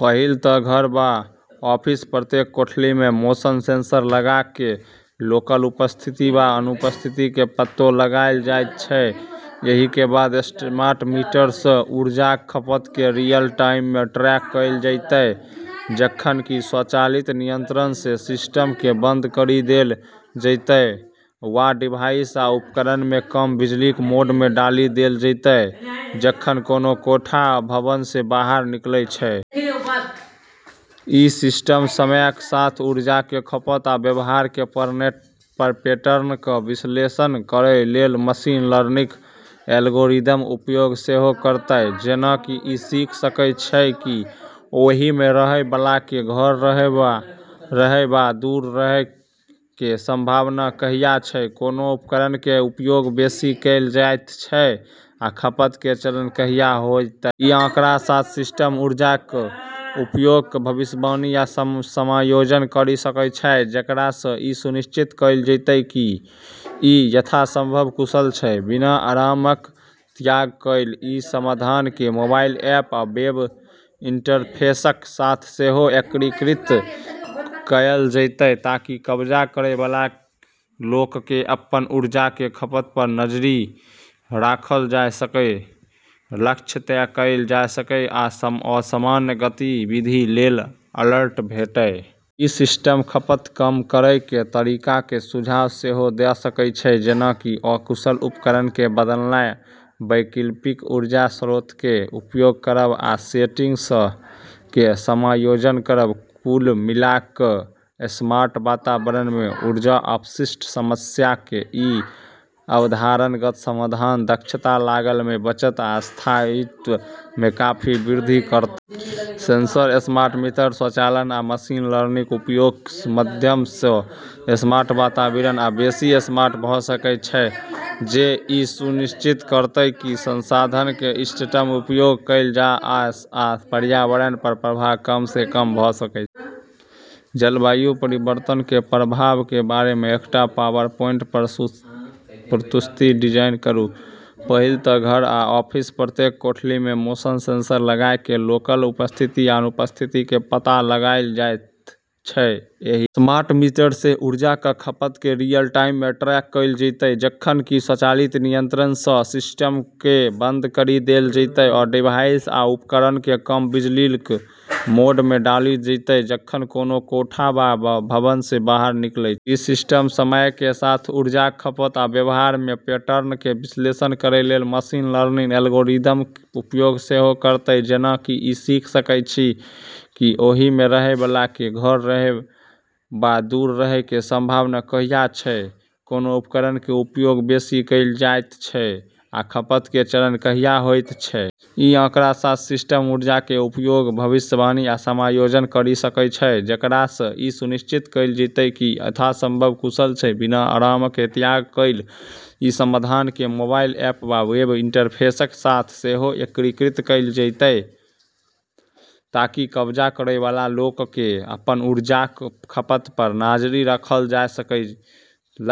पहिल तँ घर वा ओफिसक प्रत्येक कोठली मे मोशन सेंसर लगा कए लोकक उपस्थिति वा अनुपस्थिति कें पत्तो लगाएल जाइत छै। एहि के बाद स्मार्ट मीटर सँ ऊर्जाक खपत कें रियल-टाइम मे ट्रैक कयल जेतै, जखन कि स्वचालित नियंत्रण सँ सिस्टमकें बन्द करि देल जेतै वा डिवाइस आ उपकरणकें कम बिजलीक मोड मे डालि देल जेतै जखन कोनो कोठा वा भवन सँ बाहर निकलै छै। ई सिस्टम समयक साथ ऊर्जाक खपत आ व्यवहार मे पैटर्नक विश्लेषण करै लेल मशीन लर्निंग एल्गोरिदमक उपयोग सेहो करतै। जेना कि ई सीख सकै छै कि ओहि मे रहय बला कें घर रहय वा दूर रहय कें संभावना कहिया छै, कोनो उपकरणकें उपयोग बेसि कैल जाइत छै, आ खपत कें चरम कहिया होयत छै। ई आंकड़ाक साथ सिस्टम ऊर्जाक उपयोगक भविष्यवाणी आ समायोजन करि सकै छै, जेकरा सँ ई सुनिश्चित कयल जेतै कि ई यथासंभव कुशल छै, बिना आरामक त्याग कएल। ​ई समाधानकें मोबाइल ऐप वा वेब इंटरफेसक साथ सेहो एकीकृत कयल जेतै ताकि कब्जा करै वाला लोककें अपन ऊर्जाक खपत पर नजरि राखल जा सकै, लक्ष्य तय कयल जा सकै आ असामान्य गतिविधि लेल अलर्ट भेटै। ई सिस्टम खपतक कम करय कें तरीकाकें सुझाव सेहो द सकै छै, जेना कि अकुशल उपकरणकें बदलनाय, वैकल्पिक ऊर्जा स्रोतकें उपयोग करब, आ सेटिंग्सकें समायोजन करब। ​कुल मिला कऽ स्मार्ट वातावरण मे ऊर्जा अपशिष्टक समस्याक ई अवधारणागत समाधान दक्षता, लागत मे बचत आ स्थायित्व मे काफी वृद्धि करतै। सेंसर, स्मार्ट मीटर, स्वचालन, आ मशीन लर्निंगक उपयोगक माध्यम सँ स्मार्ट वातावरण आ बेसि स्मार्ट भ सकै छै, जे ई सुनिश्चित करैत छै कि संसाधनकें इष्टतम उपयोग कयल जा आ पर्यावरण पर प्रभाव कम सँ कम भ सकै छै। ​जलवायु परिवर्तनक प्रभावकें बारे मे एकटा पावरपॉइंट प्रस्तुति डिजाइन करूं। पहिल तँ घर वा ओफिसक प्रत्येक कोठली मे मोशन सेंसर लगा कए लोकक उपस्थिति वा अनुपस्थिति कें पत्तो लगाएल जाइत छै। एहि के बाद स्मार्ट मीटर सँ ऊर्जाक खपत कें रियल-टाइम मे ट्रैक कयल जेतै, जखन कि स्वचालित नियंत्रण सँ सिस्टमकें बन्द करि देल जेतै वा डिवाइस आ उपकरणकें कम बिजलीक मोड मे डालि देल जेतै जखन कोनो कोठा वा भवन सँ बाहर निकलै छै। ई सिस्टम समयक साथ ऊर्जाक खपत आ व्यवहार मे पैटर्नक विश्लेषण करै लेल मशीन लर्निंग एल्गोरिदमक उपयोग सेहो करतै। जेना कि ई सीख सकै छै कि ओहि मे रहय बला कें घर रहय वा दूर रहय कें संभावना कहिया छै, कोनो उपकरणकें उपयोग बेसि कैल जाइत छै, आ खपत कें चरम कहिया होयत छै। ई आंकड़ाक साथ सिस्टम ऊर्जाक उपयोगक भविष्यवाणी आ समायोजन करि सकै छै, जेकरा सँ ई सुनिश्चित कयल जेतै कि ई यथासंभव कुशल छै, बिना आरामक त्याग कएल। ई समाधानकें मोबाइल ऐप वा वेब इंटरफेसक साथ सेहो एकीकृत कयल जेतै ताकि कब्जा करै वाला लोककें अपन ऊर्जाक खपत पर नजरि राखल जा सकै,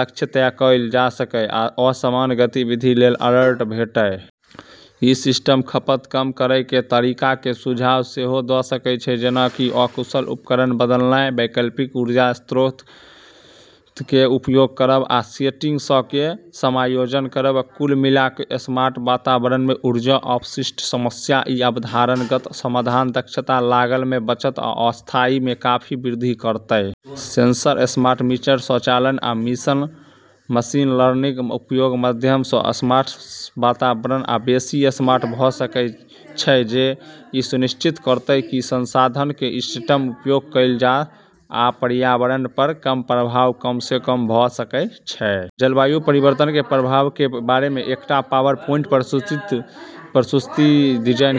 लक्ष्य तय कयल जा सकै आ असामान्य गतिविधि लेल अलर्ट भेटै। ई सिस्टम खपतक कम करय कें तरीकाकें सुझाव सेहो द सकै छै, जेना कि अकुशल उपकरणकें बदलनाय, वैकल्पिक ऊर्जा स्रोतकें उपयोग करब, आ सेटिंग्सकें समायोजन करब। कुल मिला कऽ स्मार्ट वातावरण मे ऊर्जा अपशिष्टक समस्याक ई अवधारणागत समाधान दक्षता, लागत मे बचत आ स्थायित्व मे काफी वृद्धि करतै। सेंसर, स्मार्ट मीटर, स्वचालन, आ मशीन लर्निंगक उपयोगक माध्यम सँ स्मार्ट वातावरण आ बेसि स्मार्ट भ सकै छै, जे ई सुनिश्चित करैत छै कि संसाधनकें इष्टतम उपयोग कयल जा आ पर्यावरण पर प्रभाव कम सँ कम भ सकै छै। जलवायु परिवर्तनक प्रभावकें बारे मे एकटा पावरपॉइंट प्रस्तुति डिजाइन करूं।